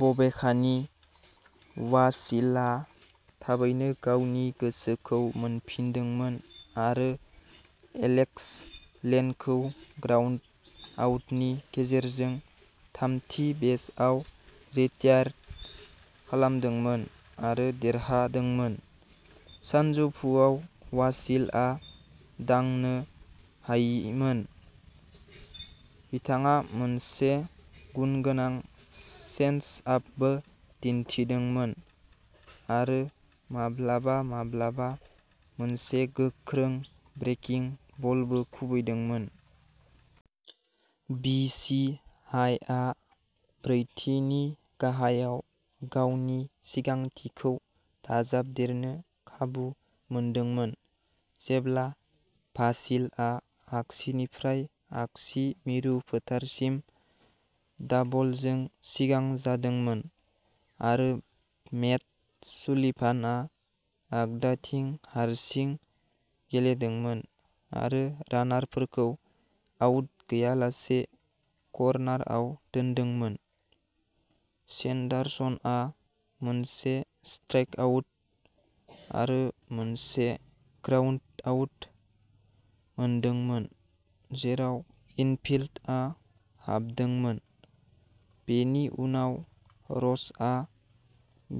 बबेखानि, वासिलआ थाबैनो गावनि गोसोखौ मोनफिनदोंमोन आरो एलेक्स लेनखौ ग्राउन्डआउटनि गेजेरजों थामथि बेसआव रिटायर्ड खालामदोंमोन आरो देरहादोंमोन। सानजौफुआव वासिलआ दांनो हायिमोन। बिथाङा मोनसे गुनगोनां चेन्जआपबो दिन्थिदोंमोन, आरो माब्लाबा-माब्लाबा मोनसे गोख्रों ब्रेकिं बलबो खुबैदोंमोन। बि सि हाइआ ब्रैथि नि गाहायाव गावनि सिगांथिखौ दाजाबदेरनो खाबु मोनदोंमोन, जेब्ला भासिलआ आगसिनिफ्राय आगसि मिरु फोथारसिम दाबलजों सिगां जादोंमोन आरो मेट सुलिभानआ आगदाथिं हारसिं गेलेदोंमोन आरो रानारफोरखौ आउट गैयालासे कर्नारआव दोनदोंमोन। सेन्डारसनआ मोनसे स्ट्राइकआउट आरो मोनसे ग्राउन्डआउट मोनदोंमोन, जेराव इनफिल्डआ हाबदोंमोन, बेनि उनाव र'चआ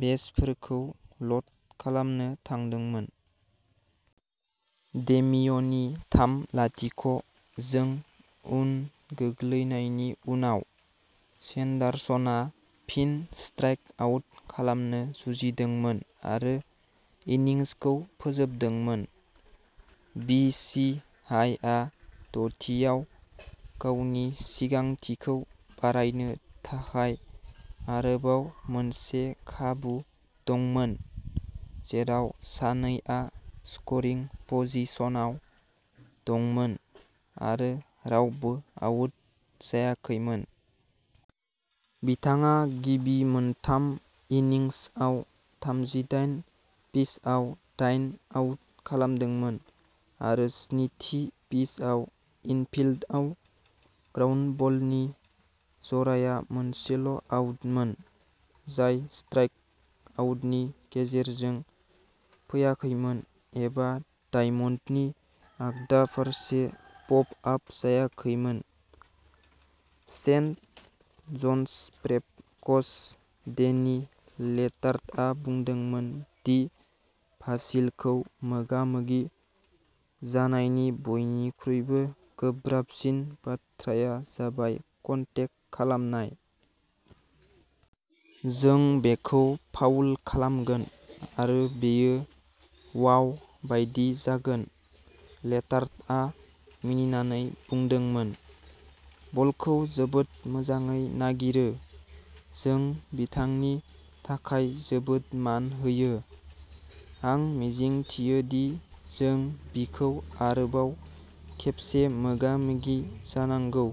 बेसफोरखौ ल'ड खालामनो थांदोंमोन। डेमिय'नि थाम-लाथिख' जों उन गोग्लैनायनि उनाव, सेन्डारसनआ फिन स्ट्राइक आउट खालामनो जुजिदोंमोन आरो इनिंसखौ फोजोबदोंमोन। बि सि हाइआ द'थि आव गावनि सिगांथिखौ बारायनो थाखाय आरोबाव मोनसे खाबु दंमोन, जेराव सानैआ स्करिं पजिशनाव दंमोन आरो रावबो आउट जायाखैमोन। बिथाङा गिबि मोनथाम इन्निंसआव थामजिदायन पिचआव दाइन आउट खालामदोंमोन। आरो स्निथि पिचआव इनफिल्डआव ग्राउन्डबलनि जराया मोनसेल'आउटमोन जाय स्ट्राइकआउटनि गेजेरजों फैयाखैमोन एबा डायमन्डनि आगदा फारसे पप आप जायाखैमोन। Saint John's Prep coach Danny लेटार्टआ बुंदोंमोन दि भासिलखौ मोगा-मोगि जानायनि बयनिख्रुइबो गोब्राबसिन बाथ्राया जाबाय कन्टेक खालामनाय। जों बेखौ फाउल खालामगोन आरो बेयो वाव बायदि जागोन। लेटार्टआ मिनिनानै बुंदोंमोन। बलखौ जोबोद मोजाङै नागिरो। जों बिथांनि थाखाय जोबोद मान होयो। आं मिजिंथियोदि जों बिखौ आरोबाव खेबसे मोगा-मोगि जानांगौ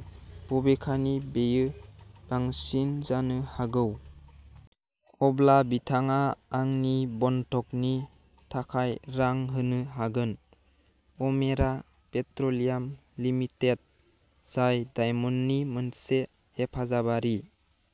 बबेखानि बेयो बांसिन जानो हागौ। अब्ला बिथाङा आंनि बन्धकनि थाखाय रां होनो हागोन। अमेरा पेट्र'लियाम लिमिटेड, जाय डायमन्डनि मोनसे हेफाजाबारि।